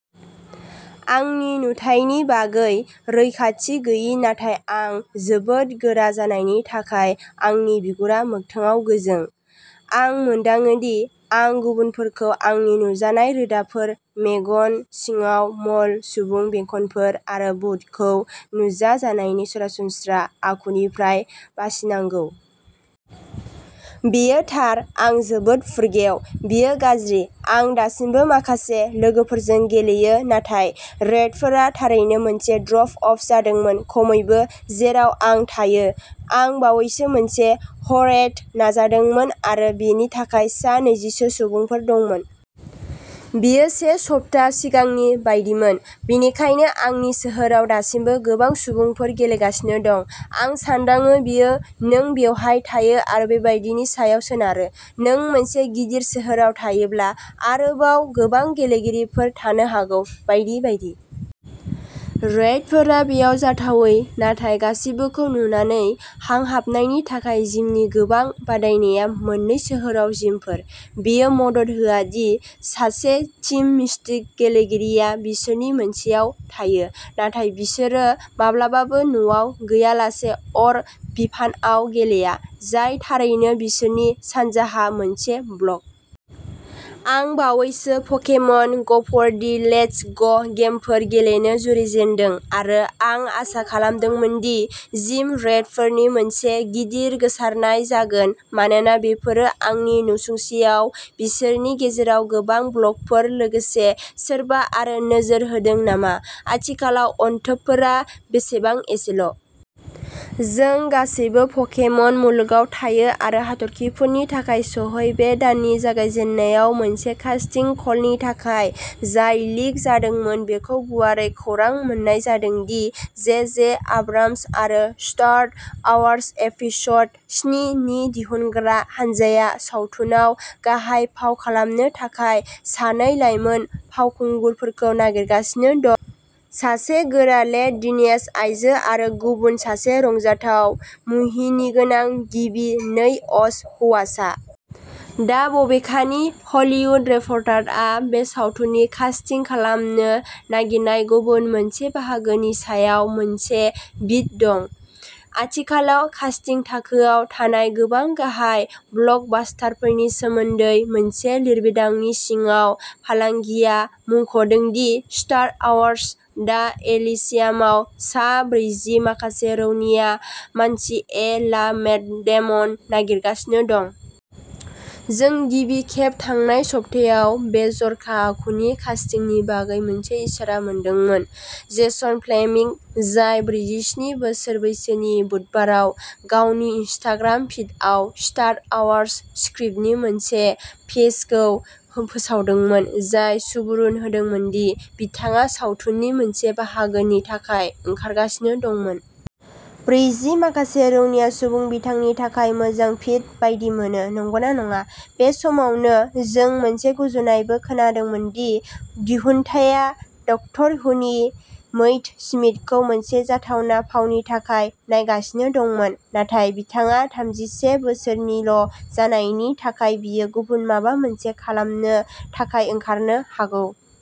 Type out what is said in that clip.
आंनि नुथायनि बागै रैखाथि गैयि, नाथाय आं जोबोद गोरा जानायनि थाखाय आंनि बिगुरा मोगथाङाव गोजों। आं मोनदाङो दि आं गुबुनफोरखौ आंनि नुजानाय रोदाफोर, मेगन सिङाव म'ल सुबुं बेंखनफोर, आरो भुतखौ नुजा जानायनि सरासनस्रा आखुनिफ्राय बासिनांगौ। बेयो थार आं जोबोद फुरगेव, बेयो गाज्रि। आं दासिमबो माखासे लोगोफोरजों गेलेयो नाथाय रेइडफोरा थारैनो मोनसे ड्रप अफ जादोंमोन खमैबो जेराव आं थायो। आं बावैसो मोनसे ह'अरेइड नाजादोंमोन आरो बेनि थाखाय सा नैजिसो सुबुंफोर दंमोन। बेयो से सप्ता सिगांनि बायदिमोन, बेनिखायनो आंनि सोहोराव दासिमबो गोबां सुबुंफोर गेलेगासिनो दं। आं सान्दाङो बेयो नों बबेहाय थायो आरो बेबादिनि सायाव सोनारो। नों मोनसे गिदिर सोहोराव थायोब्ला आरोबाव गोबां गेलेगिरिफोर थानो हागौ, बायदि बायदि। रेइडफोरा बेयाव जाथावै, नाथाय गासिबोखौ नुनानै हांहाबनायनि थाखाय जिमनि गोबां बादायनाया मोननै सोहोराव जिमफोर। बेयो मदद होआ दि सासे टिम मिस्टिक गेलेगिरिया बिसोरनि मोनसेयाव थायो। नाथाय बिसोरो माब्लाबाबो न'आव गैयालासे अर बिफानआव गेलेया, जाय थारैनो बिसोरनि सानजाहा मोनसे ब्लक। आं बावैसो पकेमन ग'फर दि लेट्स ग' गेमफोर गेलेनो जुरिजेनदों आरो आं आसा खालामदोंमोन दि जिम रेइडफोरनि मोनसे गिदिर गोसारनाय जागोन मानोना बेफोरो आंनि नसुंसेआव बिसोरनि गेजेराव गोबां ब्लकफोर लोगोसे, सोरबा आरो नोजोर होदों नामा आथिखालाव अनथोबफोरा बेसेबां एसेल'? जों गासैबो पकेमन मुलुगाव थायो आरो हाथरखिफोरनि थाखाय सौहै बे दाननि जागायजेननायाव मोनसे कास्टिं कलनि थाखाय, जाय लिक जादोंमोन, बेखौ गुवारै खौरां मोन्नाय जादों दि जे जे आब्राम्स आरो स्टार अवार्स एपिस'ड स्नि नि दिहुनग्रा हानजाया सावथुनाव गाहाय फाव खालामनो थाखाय सानै लाइमोन फावखुंगुरफोरखौ नागिरगासिनो दं सासे गोरा लेट-टिनएज आइजो आरो गुबुन सासे रंजाथाव, मुहिनिगोनां गिबि नै अ'स हौवासा। दा, बबेखानि, हलिउद रिप'र्टरआ बे सावथुननि कास्टिं खालामनो नागिरनाय गुबुन मोनसे बाहागोनि सायाव मोनसे बीट दं। आथिखालाव कास्टिं थाखोआव थानाय गोबां गाहाय ब्लकबास्टारफोरनि सोमोन्दै मोनसे लिरबिदांनि सिङाव, फालांगिया मुंख'दों दि स्टार अवार्सआ दा एलिसियामाव सा ब्रैजि माखासे रौनिया मानसि ए ला मेट डेमन नागिरगासिनो दं। जों गिबि खेब थांनाय सप्तायाव बे जर'खा आखुनि कास्टिंनि बागै मोनसे इसारा मोनदोंमोन। जेसन फ्लेमिंग-जाय ब्रैजिस्नि बोसोर बैसोनि-बुधबाराव गावनि इनस्टाग्राम फिडआव स्टार अवार्स स्क्रिप्टनि मोनसे पेजखौ फोसावदोंमोन, जाय सुबुरुन होदोंमोन दि बिथाङा सावथुननि मोनसे बाहागोनि थाखाय ओंखारगासिनो दंमोन। ब्रैजि माखासे रौनिया सुबुं बिथांनि थाखाय मोजां फिट बायदि मोनो, नंगौना नङा? बे समावनो जों मोनसे गुजुनायबो खोनादोंमोन दि दिहुनथाया डक्टर हुनि मैट स्मिथखौ मोनसे जाथावना फावनि थाखाय नायगासिनो दंमोन, नाथाय बिथाङा थामजिसे बोसोरनिल'जानायनि थाखाय बियो गुबुन माबा मोनसे खालामनो थाखाय ओंखारनो हागौ।